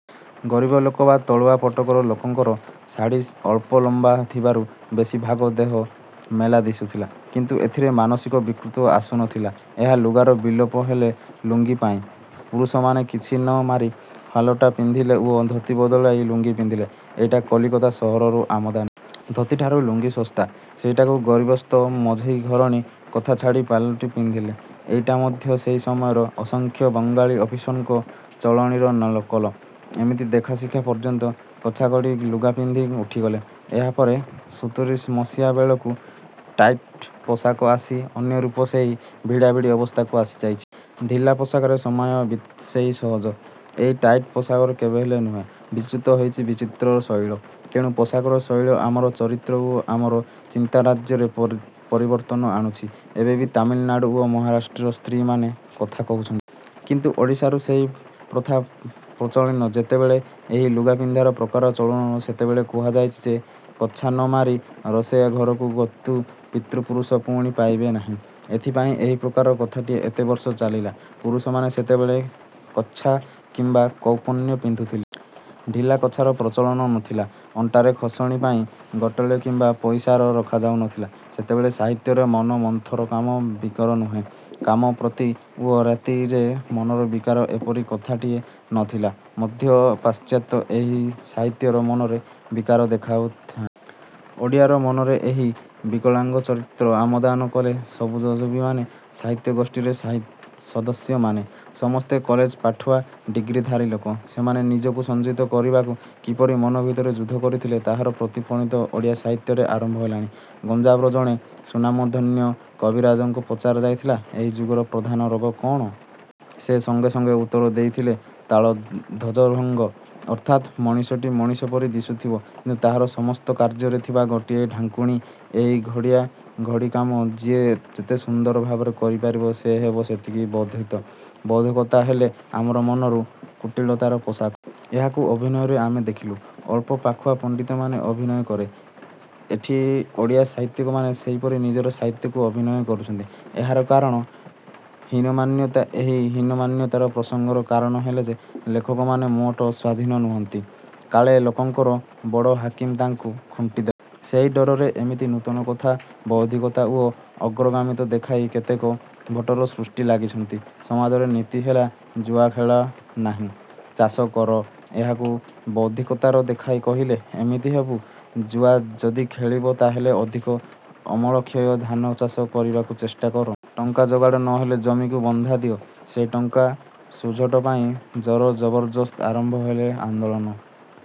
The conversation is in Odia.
ଗରିବ ଲୋକ ବା ତଳୁଆ ପାଟକର ଲୋକଙ୍କର ଶାଢ଼ୀ ଅଳ୍ପ ଲମ୍ୱା ଥିବାରୁ ବେଶି ଭାଗ ଦେହ ମେଲା ଦିଶୁଥିଲା। କିନ୍ତୁ ଏଥିରେ ମାନସିକ ବିକୃତି ଆସୁ ନ ଥିଲା। ଏହି ଲୁଗାର ବିଲୋପ ହେଲା ଲୁଙ୍ଗି ପାଇଁ। ପୁରୁଷମାନେ କଛା ନ ମାରି ଫାଲଟା ପିନ୍ଧିଲେ ଓ ଧୋତି ବଦଳରେ ଲୁଙ୍ଗି ପିନ୍ଧିଲେ–ଏଇଟା କଲିକତା ସହରରୁ ଆମଦାନି। ଧୋତିଠାରୁ ଲୁଙ୍ଗି ଶସ୍ତା। ସେଇଠୁ ଗିରସ୍ତଙ୍କୁ ମଛେଇ ଘରଣୀ କଛା ଛାଡ଼ି ଫାଲଟା ପିନ୍ଧିଲେ। ଏଇଟା ମଧ୍ୟ ସେହି ସମୟର ଅସଂଖ୍ୟ ବଙ୍ଗାଳୀ ଅଫିସରଙ୍କ ଚଳଣୀର ନକଲ। ଏମିତି ଦେଖା ଶିଖା ପର୍ଯ୍ୟାୟରେ କଛାଭିଡ଼ା ଲୁଗାପିନ୍ଧା ଉଠିଗଲା। ଏହାପରେ ସତୁରୀମସିହା ବେଳକୁ ଟାଇଟ୍ ପୋଷାକ ଆସି ଅନ୍ୟ ରୂପରେ ସେହି ଭିଡ଼ାଭିଡ଼ି ଅବସ୍ଥାକୁ ଆସିଯାଇଛି। ଢିଲା ପୋଷାକରେ ସାମୟିକ ବିଚ୍ୟୁତି ଯେତେ ସହଜ, ଏହି ଟାଇଟ ପୋଷାକରେ କେବେହେଲେ ନୁହେଁ। ବିଚ୍ୟୁତି ହେଉଛି ଚରିତ୍ରର ଶୈଳୀ। ତେଣୁ ପୋଷାକର ଶୈଳୀ ଆମର ଚରିତ୍ର ଓ ଆମର ଚିନ୍ତାରାଜ୍ୟରେ ପରିବର୍ତ୍ତନ ଆଣୁଛି। ଏବେ ବି ତାମିଲନାଡ଼ୁ ଓ ମହାରାଷ୍ଟ୍ରରେ ସ୍ତ୍ରୀ ଲୋକମାନେ କଛା ମାରୁଛନ୍ତି। କିନ୍ତୁ ଓଡ଼ିଶାରୁ ସେହି ପ୍ରଥା ଚାଲିଗଲା। ଯେତେବେଳେ ଏହି ଲୁଗାପିନ୍ଧାର ପ୍ରକାର ଚଳୁଥିଲା ସେତେବେଳେ କୁହାଯାଉଥିଲା ଯେ କଛା ନ ମାରି ରୋଷୟଇ ଘରକୁ ଗଲେ ପିତୃପୁରୁଷ ପାଣି ପାଇବେ ନାହିଁ। ଏଥିପାଇଁ ଏହି ପ୍ରକାରର କଥାଟିଏ ଏତେବର୍ଷ ଚାଲିଲା। ପୁରୁଷମାନେ ସେତେବେଳେ କାଛା କିମ୍ୱା କୌପୁନୀ ପିନ୍ଧୁଥିଲେ। ଢିଲା କଛାର ପ୍ରଚଳନ ନ ଥିଲା। ଅଣ୍ଟାରେ ଖୋସଣୀ ପାଇଁ ଗୋଟାଳି କିମ୍ୱା ପଇସାଟିଏ ରଖାଯାଉଥିଲା। ସେତେବେଳର ସାହିତ୍ୟରେ ମନ–ମନ୍ଥନ କାମ ବିକାର ନାହିଁ। କାମ, ପ୍ରୀତି ଓ ରତି ଯେ ମନର ବିକାର–ଏପରି କଥାଟିଏ ନ ଥିଲା। ଏବେ ମଧ୍ୟ ପାଶ୍ଚାତ୍ୟ ସାହିତ୍ୟରେ ମନର ବିକାର ଦେଖାଯାଉ ନାହିଁ। ଓଡ଼ିଆରେ ମନର ଏହି ବିକଳାଙ୍ଗ ଚିତ୍ରଣ ଆମଦାନି କଲେ ସବୁଜଯୁଗର ସାହିତ୍ୟଗୋଷ୍ଠୀର ସଦସ୍ୟମାନେ। ସମସ୍ତେ କଲେଜ ପାଠୁଆ ଡିଗ୍ରିଧାରୀ ଲୋକ। ସେମାନେ ନିଜକୁ ସଞ୍ଜତ କରିବାକୁ କିପରି ମନଭିତରେ ଯୁଦ୍ଧ କରୁଥିଲେ ତାହାର ପ୍ରତିଫଳନ ଓଡ଼ିଆ ସାହିତ୍ୟରେ ଆରମ୍ଭ ହେଲା। ଗଞ୍ଜାମର ଜଣେ ସ୍ୱନାମଧନ୍ୟ କବିରାଜଙ୍କୁ ପଚରା ଯାଇଥିଲା ଏହି ଯୁଗର ପ୍ରଧାନ ରୋଗ କ'ଣ? ସେ ସାଙ୍ଗେ ସାଙ୍ଗେ ଉତ୍ତର ଦେଇଥିଲେ–ଧ୍ୱଜଭଙ୍ଗ। ଅର୍ଥାତ୍ ମଣିଷଟି ମଣିଷ ପରି ଦିଶୁଥିବ କିନ୍ତୁ ତାହାର ସମସ୍ତ କାର୍ଯ୍ୟରେ ଥିବ ଗୋଟିଏ ଢାଙ୍କୁଣି। ଏହି ଘୋଡ଼ିଆ ଘୋଡ଼ି କାମ ଯିଏ ଯେତେ ସୁନ୍ଦର ଭାବରେ କରିପାରିବ ସେ ହେବ ସେତିକି ବୌଦ୍ଧିକ। ବୌଦ୍ଧିକତା ହେଲା ଆମର ମନର କୁଟିଳତାର ପୋଷାକ। ଏହାକୁ ଅଭିନୟରେ ଆମେ ଦେଖୁ। ଅଳ୍ପ ପାଠୁଆ ପଣ୍ତିତର ଅଭିନୟ କରେ। ଏଠି ଓଡ଼ିଆ ସାହିତ୍ୟିକମାନେ ସେହିପରି ନିଜର ସାହିତ୍ୟିକୁ ଅଭିନୟରେ ରଖୁଛନ୍ତି। ଏହାର କାରଣ ହୀନମନ୍ୟତା। ଏହି ହୀନମନ୍ୟତାର ପ୍ରାସଙ୍ଗିକ କାରଣ ହେଲା ଯେ ଲେଖକମାନେ ମୋଟେ ସ୍ୱାଧୀନ ନୁହନ୍ତି। କାଳେ ତାଙ୍କର ବଡ଼ ହାକିମ ତାଙ୍କୁ ଖୁଣ୍ଟି ଦବ। ସେହି ଡରରେ ଏମାନେ ନୂତନ କଥା, ବୌଦ୍ଧିକତା ଓ ଅଗ୍ରଗାମିତା ଦେଖାଇ କେତେକ ଉଦ୍ଭଟ ସୃଷ୍ଟିରେ ଲାଗିଛନ୍ତି। ସମାଜର ନୀତି ହେଲା–ଜୁଆ ଖେଳ ନାହିଁ। ଚାଷ କର। ଏହାକୁ ବୌଦ୍ଧିକତା ଦେଖାଇ କହିଲେ ଏମିତି ହେବ–ଜୁଆ ଯଦି ଖେଳିବ ତେବେ ଅଧିକ ଅମଳକ୍ଷମ ଧାନଚାଷ କରିବାକୁ ଚେଷ୍ଟା କର। ଟଙ୍କା ଯୋଗାଡ଼ ନ ହେଲେ ଜମିକୁ ବନ୍ଧା ଦିଅ। ସେହି ଟଙ୍କା ଶୁଝଟ ପାଇଁ ଜୋର ଜବରଦସ୍ତି ଆରମ୍ଭ ହେଲେ ଆନ୍ଦୋଳନ